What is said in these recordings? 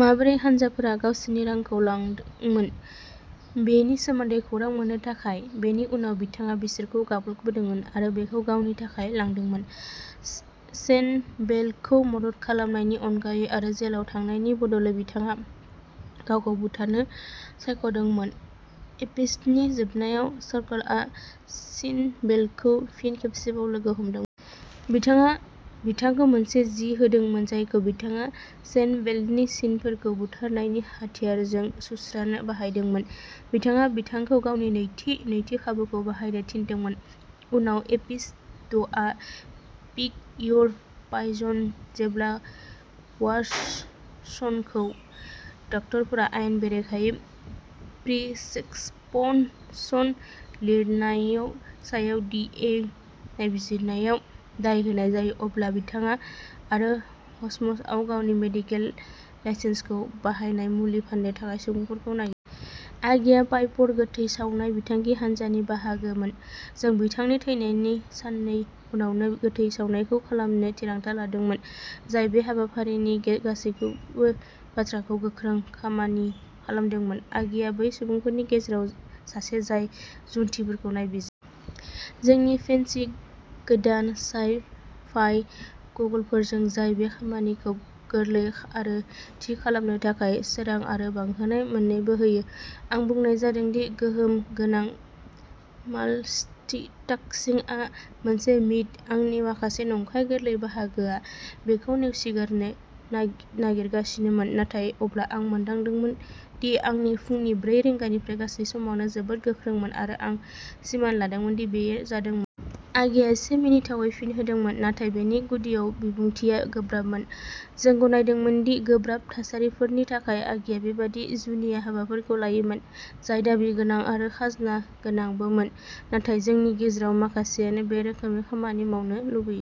माबोरै हान्जाफोरा गावसोरनि रांखौ लांदोंमोन बेनि सोमोन्दै खौरां मोन्नो थाखाय। बेनि उनाव बिथाङा बिसोरखौ गाग्लोबदोंमोन आरो बेखौ गावनि थाखाय लादोंमोन। शिनवेलखौ मदद खालामनायनि अनगायै आरो जेलाव थांनायनि बदलै बिथाङा गावखौ बुथारनो सायख'दोंमोन। एपिस'डनि जोबनायाव, शार्लकआ शिनवेलखौ फिन खेबसेबाव लोगो हमदोंमोन। बिथाङा बिथांखौ मोनसे जि होदोंमोन जायखौ बिथाङा शिनवेलनि सिनफोरखौ बुथारनायनि हाथियारजों सुस्रानो बाहायदोंमोन। बिथाङा बिथांखौ गावनि नैथि, नैथि खाबुखौ बाहायनो थिनदोंमोन। उननि एपिस'डआ पिक योर पायजन। जेब्ला वाटसनखौ डाक्टरफोरा आयेन बेरेखायै प्रिस्क्रिप्शन लिरनायनि सायाव डीईए नायबिजिरनायाव दाय होनाय जायो, अब्ला बिथाङा आरो ह'म्सआ गावनि मेडिकेल गे लाइसेन्सखौ बाहायना मुलि फाननो थाखाय सुबुंखौ नागिरो। आगिआ पाइपर गोथै सावनाय बिथांखि हान्जानि बाहागोमोन। जों बिथांनि थैनायनि साननै उनावनो गोथै सावनायखौ खालामनो थिरांथा लादोंमोन, जाय बे हाबाफारिनि गासैबो बाथ्राखौ गोख्रै खामानि खालामदोंमोन। आगिआ बै सुबुंफोरनि गेजेराव सासे जाय जुन्थिफोरखौ नायबिजिरो। जोंनि फेन्सी गोदान साइ-फाइ गगलफोरजों, जाय बे खामानिखौ गोरलै आरो थि खालामनो थाखाय सोरां आरो बांहोनाय मोन्नैबो होयो। आं बुंनाय जादों दि गोहोम गोनां माल्टिटास्किंआ मोनसे मिथ। आंनि माखासे नंखाय गोरलै बाहागोआ बेखौ नेवसिगारनो नाय-नागिरगासिनोमोन, नाथाय अब्ला आं मोनदांदोंमोन दि आं फुंनि ब्रै रिंगानिफ्राय गासै समावनो जोबोद गोख्रोंमोन आरो आं सिमान लादोंमोन दि बेयो जादोंमोन। आगिआ एसे मिनिथावै फिन होदोंमोन, नाथाय बेनि गुदियाव बिबुंथिआ गोब्राबमोन। जों गनायदोंमोन दि गोब्राब थासारिफोरनि थाखाय, आगिया बेबादि जुनिया हाबाफोरखौ लायोमोन, जाय दाबि गोनां आरो खाजोना गोनांबोमोन। नाथाय जोंनि गेजेराव माखासेआनो बे रोखोमै खामानि मावनो लुबैयो।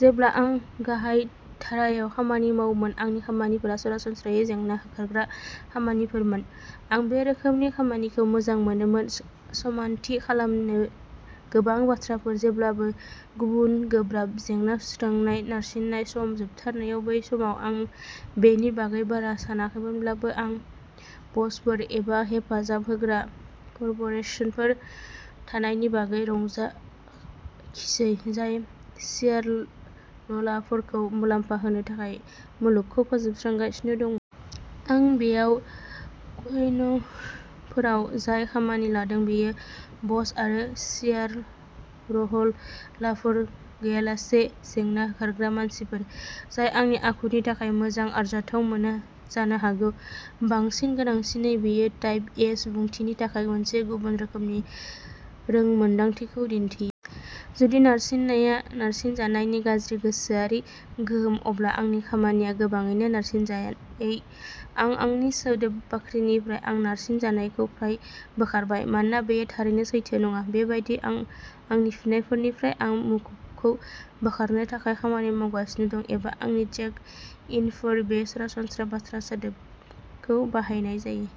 जेब्ला आं गाहायधारायाव खामानि मावोमोन, आंनि खामानिफोरा सरासनस्रायै जेंना होखारग्रा खामानिफोरमोन। आं बे रोखोमनि खामानिखौ मोजां मोनोमोन स-समानथि खालामनो गोबां बाथ्राफोर, जेब्लाबो गुबुन, गोब्राब जेंना सुस्रांनाय, नारसिननाय। सम जोबथारनाय। बै समाव आं बेनि बागै बारा सानाखैमोनब्लाबो, आं ब'सफोर एबा हेफाजाब होग्रा कर्प'रेसनफोर थानायनि बागै रंजाखिसै, जाय शेयारह'लारफोरखौ मुलाम्फा होनो थाखाय मुलुगखौ फोजोबस्रांगासिनो दंमोन। आं बेयाव कम्युनफोराव जाय खामानि लादों बेयो ब'स आरो शेयारह'लारफोर गैयालासे जेंना होखारग्रा खामानिफोर, जाय आंनि आखुनि थाखाय मोजां आरजाथाव मोनो। जानो हागौ बांसिन गोनांसिनै, बेयो टाइप ए सुबुंथिनि थाखाय मोनसे गुबुन रोखोमनि रोंमोनदांथिखौ दिन्थियो। जुदि नारसिननाया नारसिनजानायनि गाज्रि गोसोआरि गोहोम, अब्ला आंनि खामानिया गोबाङैनो नारसिनजायै। आं आंनि सोदोब बाख्रिनिफ्राय आं नारसिनजानायखौ फ्राय बोखारबाय, मानोना बेयो थारैनो सैथो नङा। बेबायदिनो, आं आंनि फिन्नायफोरनिफ्राय आं मुखुबखौ बोखारनो थाखाय खामानि मावगासिनो दं एबा आंनि चेक-इनफोर। बे सरासनस्रा बाथ्रा सोदोबखौ बाहायनाय जायो।